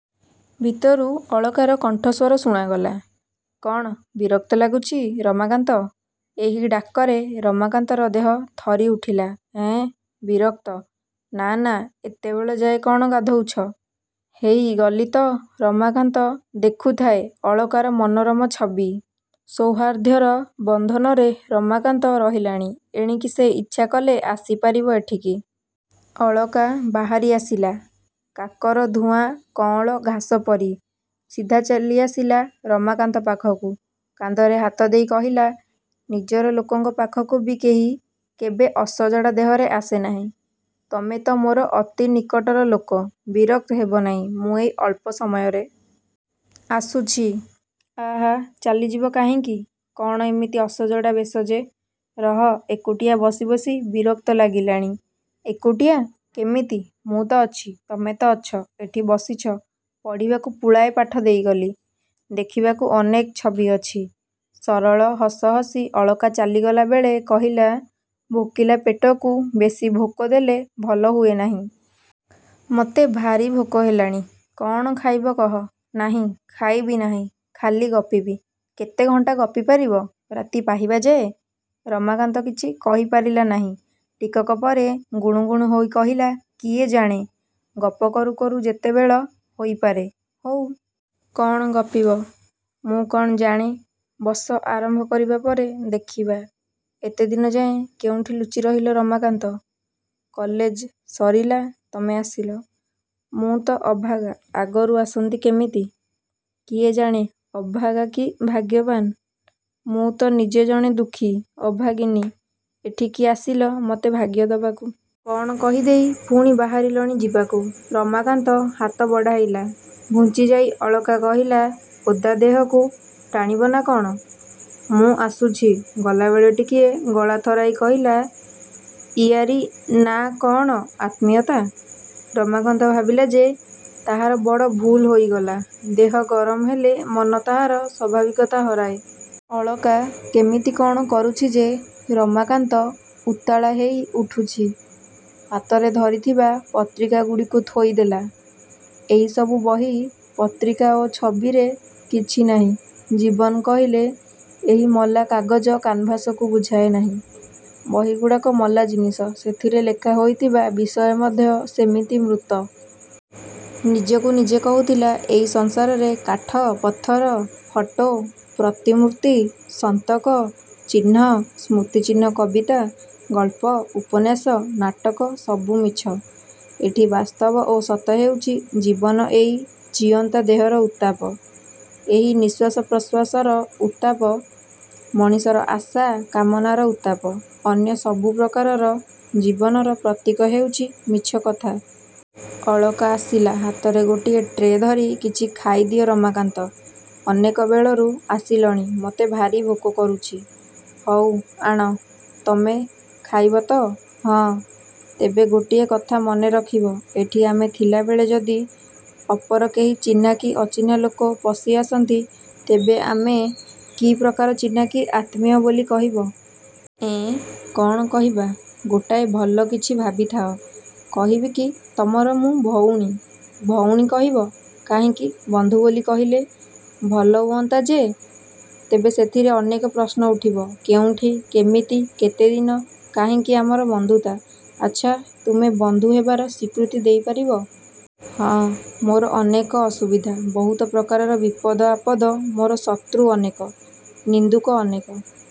ଭିତରୁ ଅଳକାର କଣ୍ଠସ୍ୱର ଶୁଣାଗଲା, କ'ଣ ବିରକ୍ତ ଲାଗୁଛି–ରମାକାନ୍ତ? ଏହି ଡାକରେ ରମାକାନ୍ତର ଦେହ ଥରି ଉଠିଲା–ଏଁ ବିରକ୍ତ? –ନା–ନା। ଏତେବେଳେ ଯାଏ କ'ଣ ଗାଧଉଛ? –ହେଇ ଗଲି ତ। ରମାକାନ୍ତ ଦେଖୁଥାଏ ଅଳକାର ମନୋରମ ଛବି। ସୌହାର୍ଦ୍ଦ୍ୟର ବନ୍ଧନରେ ରମାକାନ୍ତ ରହିଲାଣି। ଏଣିକି ସେ ଇଚ୍ଛାକଲେ ଆସିପାରିବ ଏଠିକି। ଅଳକା ବାହାରି ଆସିଲା–କାକର–ଧୂଆ କଅଁଳ ଘାସପରି। ସିଧା ଚାଲିଆସିଲା ରମାକାନ୍ତ ପାଖକୁ। କାନ୍ଧରେ ହାତ ଦେଇ କହିଲା–ନିଜର ଲୋକଙ୍କ ପାଖକୁ ବି କେହି କେବେ ଅସଜଡ଼ା ଦେହରେ ଆସେ ନାହିଁ। ତମେ ତ ମୋର ଅତି ନିକଟର ଲୋକ।... ବିରକ୍ତ ହେବନାହିଁ।... ମୁଁ ଏଇ ଅଳ୍ପ ସମୟରେ। ଆସୁଛି।... ଆଃ, ଚାଲିଯିବ କାହିଁକି? କ'ଣ ଏମିତି ଅସଜଡ଼ା ବେଶ ଯେ। ରହ–ଏକୁଟିଆ ବସି ବସି ବିରକ୍ତ ଲାଗିଲାଣି। –ଏକୁଟିଆ? କେମିତି? ମୁଁ ତ ଅଛି। ତମେ ତ ଅଛ। ଏଠି ବସିଛ–ପଢ଼ିବାକୁ ପୁଳାଏ ପାଠ ଦେଇଗଲି। ଦେଖିବାକୁ ଅନେକ ଛବି ଅଛି। ସରଳ ହସ ହସି ଅଳକା ଚାଲିଗଲା ବେଳେ କହିଲା–ଭୋକିଲା ପେଟକୁ ବେଶି ଭୋକ ଦେଲେ ଭଲ ହୁଏ ନାହିଁ। ମତେ ଭାରି ଭୋକ ହେଲାଣି। କ'ଣ ଖାଇବ କହ? –ନାହିଁ। ଖାଇବି ନାହିଁ। ଖାଲି ଗପିବି। –କେତେ ଘଣ୍ଟା ଗପି ପାରିବ? –ରାତି ପାହିବା ଯାଏ–? ରମାକାନ୍ତ କିଛି କହି ପାରିଲା ନାହିଁ। ଟିକକ ପରେ ଗୁଣୁ ଗୁଣୁ ହୋଇ କହିଲା–କିଏ ଜାଣେ? ଗପ କରୁ କରୁ ଯେତେବେଳ ହୋଇପାରେ–ହଉ। –କ'ଣ ଗପିବ? –ମୁଁ କ'ଣ ଜାଣେ? ବସ–ଆରମ୍ଭ କରିବା ପରେ ଦେଖିବା। –ଏତେଦିନ ଯାଏ କେଉଁଠି ଲୁଚି ରହିଲ ରମାକାନ୍ତ? କଲେଜ ସରିଲା ତମେ ଆସିଲ। –ମୁଁ ତ ଅଭାଗା। ଆଗରୁ ଆସନ୍ତି କେମିତି? –କିଏ ଜାଣେ ଅଭାଗା କି ଭାଗ୍ୟବାନ୍। ମୁଁ ତ ନିଜେ ଜଣେ ଦୁଃଖୀ, ଅଭାଗିନୀ–ଏଠିକି ଆସିଲ ମତେ ଭାଗ୍ୟ ଦବାକୁ। –କ'ଣ କହିଦେଇ ପୁଣି ବାହାରିଲଣି ଯିବାକୁ। –ରମାକାନ୍ତ ହାତ ବଢ଼ାଇଲା। ଘୁଞ୍ଚିଯାଇ ଅଳକା କହିଲା–ଓଦା ଦେହକୁ ଟାଣିବ ନା କ'ଣ?... ମୁଁ ଆସୁଛି।... ଗଲାବେଳେ ଟିକିଏ ଗଳା ଥରାଇ କହିଲା–ଇଆରି ନା' କ'ଣ ଆତ୍ମୀୟତା? ରମାକାନ୍ତ ଭାବିଲା ଯେ ତାହାର ବଡ଼ ଭୁଲ୍ ହୋଇଗଲା। ଦେହ ଗରମ ହେଲେ ମନ ତାହାର ସ୍ୱାଭାବିକତା ହରାଏ। ଅଳକା କେମିତି କ'ଣ କରୁଛି ଯେ ରମାକାନ୍ତ ଉତ୍ତାଳା ହେଇ ଉଠୁଛି-। ହାତରେ ଧରିଥିବା ପତ୍ରିକାଗୁଡ଼ିକୁ ଥୋଇ ଦେଲା–ଏଇସବୁ ବହି ପତ୍ରିକା ଓ ଛବିରେ କିଛି ନାହିଁ। ଜୀବନ କହିଲେ ଏହି ମଲାକାଗଜ କାନଭାସକୁ ବୁଝାଏ ନାହିଁ। ବହିଗୁଡ଼ାକ ମଲା ଜିନିଷ। ସେଥିରେ ଲେଖା ହୋଇଥିବା ବିଷୟ ମଧ୍ୟ ସେମିତି ମୃତ। ନିଜକୁ ନିଜେ କହୁଥିଲା–ଏଇ ସଂସାରରେ କାଠ, ପଥର, ଫଟୋ, ପ୍ରତିମୂର୍ତ୍ତି, ସନ୍ତକ, ଚିହ୍ନ, ସ୍ମୃତିଚିହ୍ନ–କବିତା, ଗଳ୍ପ, ଉପନ୍ୟାସ, ନାଟକ–ସବୁ ମିଛ। ଏଠି ବାସ୍ତବ ଓ ସତ ହେଉଛି ଜୀବନ–ଏଇ ଜୀଅନ୍ତା ଦେହର ଉତ୍ତାପ। ଏହି ନିଶ୍ୱାସ ପ୍ରଶ୍ୱାସର ଉତ୍ତାପ। ମଣିଷର ଆଶା, କାମନାର ଉତ୍ତାପ। ଅନ୍ୟ ସବୁ ପ୍ରକାରର ଜୀବନର ପ୍ରତୀକ ହେଉଛି ମିଛ କଥା। ଅଳକା ଆସିଲା ହାତରେ ଗୋଟିଏ ଟ୍ରେ ଧରି–କିଛି ଖାଇଦିଅ ରମାକାନ୍ତ, ଅନେକ ବେଳରୁ ଆସିଲଣି–ମତେ ଭାରି ଭୋକ କରୁଛି। –ହଉ। ଆଣ। ତମେ ଖାଇବ ତ। –ହଁ। ତେବେ ଗୋଟିଏ କଥା ମନେ ରଖିବ। ଏଠି ଆମେ ଥିଲାବେଳେ ଯଦି ଅପର କେହି ଚିହ୍ନା କି ଅଚିହ୍ନା ଲୋକ ପଶିଆସନ୍ତି ତେବେ ଆମେ କି ପ୍ରକାର ଚିହ୍ନା କି ଆତ୍ମୀୟ ବୋଲି କହିବ? –ଏଁ? କ'ଣ କହିବା? –ଗୋଟାଏ ଭଲ କିଛି ଭାବିଥାଅ।... କହିବି କି ତମର ମୁଁ ଭଉଣୀ? –ଭଉଣୀ କହିବ? –କାହିଁକି ବନ୍ଧୁ ବୋଲି କହିଲେ? –ଭଲ ହୁଅନ୍ତା ଯେ। ତେବେ ସେଥିରେ ଅନେକ ପ୍ରଶ୍ନ ଉଠିବ–କେଉଁଠି, କେମିତି, କେତେଦିନ, କାହିଁକି ଆମର ବନ୍ଧୁତା?... ଆଚ୍ଛା ତୁମେ ବନ୍ଧୁ ହେବାର ସ୍ୱୀକୃତି ଦେଇପାରିବ? –ହଁ। –ମୋର ଅନେକ ଅସୁବିଧା। ବହୁତ ପ୍ରକାରର ବିପଦ–ଆପଦ ମୋର ଶତ୍ରୁ ଅନେକ। ନିନ୍ଦୁକ ଅନେକ।